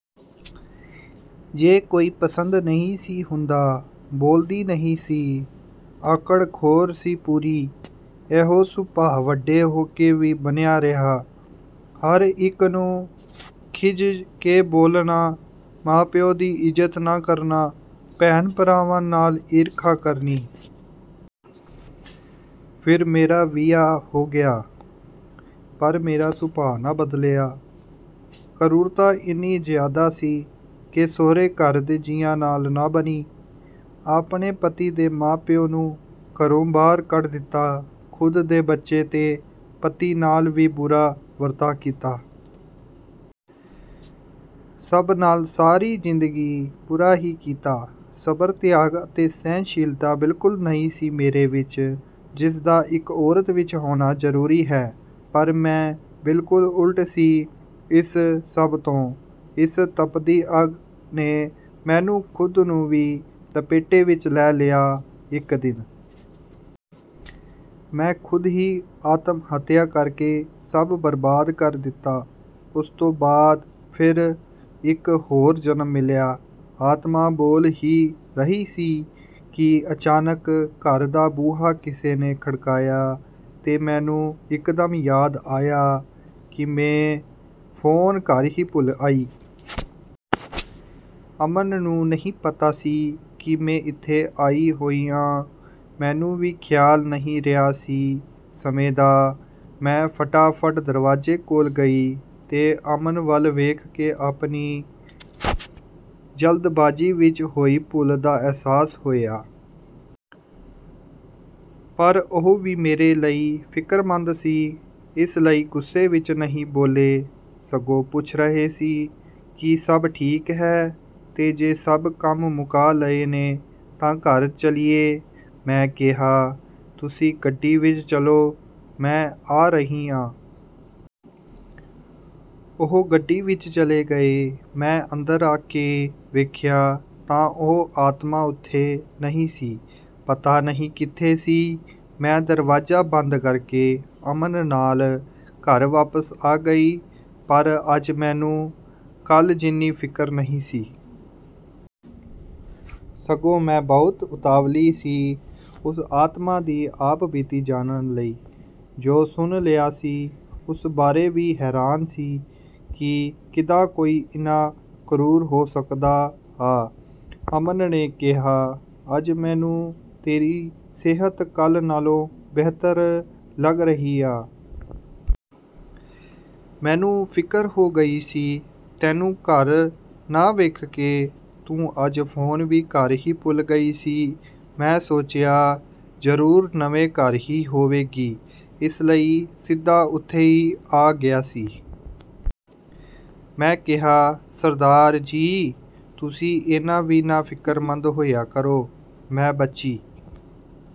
ਜੋ ਕੋਈ ਪਸੰਦ ਨਹੀਂ ਸੀ ਹੁੰਦਾ, ਬੋਲਦੀ ਨਹੀਂ ਸੀ। ਆਕੜਖੋਰ ਸੀ ਪੂਰੀ। ਐਹੋ ਸੁਭਾਅ ਵੱਡੇ ਹੋ ਕੇ ਵੀ ਬਣਿਆ ਰਿਹਾ। ਹਰ ਇੱਕ ਨੂੰ ਖਿਝ ਕੇ ਬੋਲਣਾ, ਮਾਂ-ਪਿਉ ਦੀ ਇੱਜ਼ਤ ਨਾ ਕਰਨਾ, ਭੈਣ-ਭਰਾਵਾਂ ਨਾਲ ਈਰਖਾ ਕਰਨੀ। ਫਿਰ ਮੇਰਾ ਵਿਆਹ ਹੋ ਗਿਆ ਪਰ ਮੇਰਾ ਸੁਭਾਅ ਨਾ ਬਦਲਿਆ। ਕਰੂਰਤਾ ਇੰਨੀ ਜ਼ਿਆਦਾ ਸੀ ਕਿ ਸੋਹਰੇ ਘਰ ਦੇ ਜੀਆਂ ਨਾਲ ਨਾ ਬਣੀ। ਆਪਣੇ ਪਤੀ ਦੇ ਮਾਂ-ਪਿਉ ਨੂੰ ਘਰੋਂ ਬਾਹਰ ਕੱਢ ਦਿੱਤਾ। ਖੁਦ ਦੇ ਬੱਚੇ ਤੇ ਪਤੀ ਨਾਲ ਵੀ ਬੁਰਾ ਵਰਤਾਅ ਕੀਤਾ। ਸਭ ਨਾਲ ਸਾਰੀ ਜ਼ਿੰਦਗੀ ਬੁਰਾ ਹੀ ਕੀਤਾ। ਸਬਰ, ਤਿਆਗ ਅਤੇ ਸਹਿਣਸ਼ੀਲਤਾ ਬਿਲਕੁਲ ਨਹੀਂ ਸੀ ਮੇਰੇ ਵਿੱਚ, ਜਿਸ ਦਾ ਇੱਕ ਔਰਤ ਵਿੱਚ ਹੋਣਾ ਜ਼ਰੂਰੀ ਹੈ। ਪਰ ਮੈਂ ਬਿਲਕੁਲ ਉਲਟ ਸੀ ਇਸ ਸਭ ਤੋਂ। ਇਸ ਤੱਪਦੀ ਅੱਗ ਨੇ ਮੈਨੂੰ ਖੁਦ ਨੂੰ ਵੀ ਲਪੇਟੇ ਵਿੱਚ ਲੈ ਲਿਆ ਇੱਕ ਦਿਨ। ਮੈਂ ਖੁਦ ਹੀ ਆਤਮ-ਹੱਤਿਆ ਕਰ ਕੇ ਸਭ ਬਰਬਾਦ ਕਰ ਦਿੱਤਾ। ਉਸ ਤੋਂ ਬਾਅਦ ਫਿਰ ਇੱਕ ਹੋਰ ਜਨਮ ਮਿਲਿਆ। ਆਤਮਾ ਬੋਲ ਹੀ ਰਹੀ ਸੀ ਕਿ ਅਚਾਨਕ ਘਰ ਦਾ ਬੂਹਾ ਕਿਸੇ ਨੇ ਖੜਕਾਇਆ ਤੇ ਮੈਨੂੰ ਇਕਦਮ ਯਾਦ ਆਇਆ ਕਿ ਮੈਂ ਫੋਨ ਘਰ ਹੀ ਭੁੱਲ ਆਈ। ਅਮਨ ਨੂੰ ਨਹੀਂ ਪਤਾ ਸੀ ਕਿ ਮੈਂ ਇੱਥੇ ਆਈ ਹੋਈ ਆ। ਮੈਨੂੰ ਵੀ ਖਿਆਲ ਨਹੀਂ ਰਿਹਾ ਸੀ ਸਮੇਂ ਦਾ। ਮੈਂ ਫਟਾਫਟ ਦਰਵਾਜ਼ੇ ਕੋਲ ਗਈ ਤੇ ਅਮਨ ਵੱਲ ਵੇਖ ਕੇ ਆਪਣੀ ਜਲਦਬਾਜ਼ੀ ਵਿੱਚ ਹੋਈ ਭੁੱਲ ਦਾ ਅਹਿਸਾਸ ਹੋਇਆ। ਪਰ ਉਹ ਵੀ ਮੇਰੇ ਲਈ ਫਿਕਰਮੰਦ ਸੀ। ਇਸ ਲਈ ਗੁੱਸੇ ਵਿੱਚ ਨਹੀਂ ਬੋਲੇ, ਸਗੋਂ ਪੁੱਛ ਰਹੇ ਸੀ ਕਿ ਸਭ ਠੀਕ ਹੈ, ਤੇ ਜੇ ਸਭ ਕੰਮ ਮੁਕਾ ਲਏ ਨੇ ਤਾਂ ਘਰ ਚੱਲੀਏ। ਮੈਂ ਕਿਹਾ, "ਤੁਸੀਂ ਗੱਡੀ ਵਿੱਚ ਚਲੋ, ਮੈਂ ਆ ਰਹੀ ਆ।" ਉਹ ਗੱਡੀ ਵਿੱਚ ਚਲੇ ਗਏ। ਮੈਂ ਅੰਦਰ ਆ ਕੇ ਵੇਖਿਆ ਤਾਂ ਉਹ ਆਤਮਾ ਉੱਥੇ ਨਹੀਂ ਸੀ। ਪਤਾ ਨਹੀਂ ਕਿੱਥੇ ਸੀ। ਮੈਂ ਦਰਵਾਜ਼ਾ ਬੰਦ ਕਰ ਕੇ ਅਮਨ ਨਾਲ ਘਰ ਵਾਪਸ ਆ ਗਈ। ਪਰ ਅੱਜ ਮੈਨੂੰ ਕੱਲ੍ਹ ਜਿੰਨੀ ਫ਼ਿਕਰ ਨਹੀਂ ਸੀ। ਸਗੋਂ ਮੈਂ ਬਹੁਤ ਉਤਾਵਲੀ ਸੀ ਉਸ ਆਤਮਾ ਦੀ ਆਪਬੀਤੀ ਜਾਣਨ ਲਈ। ਜੋ ਸੁਣ ਲਿਆ ਸੀ, ਉਸ ਬਾਰੇ ਵੀ ਹੈਰਾਨ ਸੀ ਕਿ ਕਿੱਦਾਂ ਕੋਈ ਇੰਨਾ ਕ੍ਰੂਰ ਹੋ ਸਕਦਾ ਆ। ਅਮਨ ਨੇ ਕਿਹਾ, "ਅੱਜ ਮੈਨੂੰ ਤੇਰੀ ਸਿਹਤ ਕੱਲ੍ਹ ਨਾਲੋਂ ਬਿਹਤਰ ਲੱਗ ਰਹੀ ਆ। ਮੈਨੂੰ ਫ਼ਿਕਰ ਹੋ ਗਈ ਸੀ ਤੈਨੂੰ ਘਰ ਨਾ ਵੇਖ ਕੇ। ਤੂੰ ਅੱਜ ਫੋਨ ਵੀ ਘਰ ਹੀ ਭੁੱਲ ਗਈ ਸੀ। ਮੈਂ ਸੋਚਿਆ ਜ਼ਰੂਰ ਨਵੇਂ ਘਰ ਹੀ ਹੋਵੇਗੀ, ਇਸ ਲਈ ਸਿੱਧਾ ਉੱਥੇ ਹੀ ਆ ਗਿਆ ਸੀ।" ਮੈਂ ਕਿਹਾ, "ਸਰਦਾਰ ਜੀ, ਤੁਸੀਂ ਏਨਾਂ ਵੀ ਨਾ ਫਿਕਰਮੰਦ ਹੋਇਆ ਕਰੋ। ਮੈਂ ਬੱਚੀ..."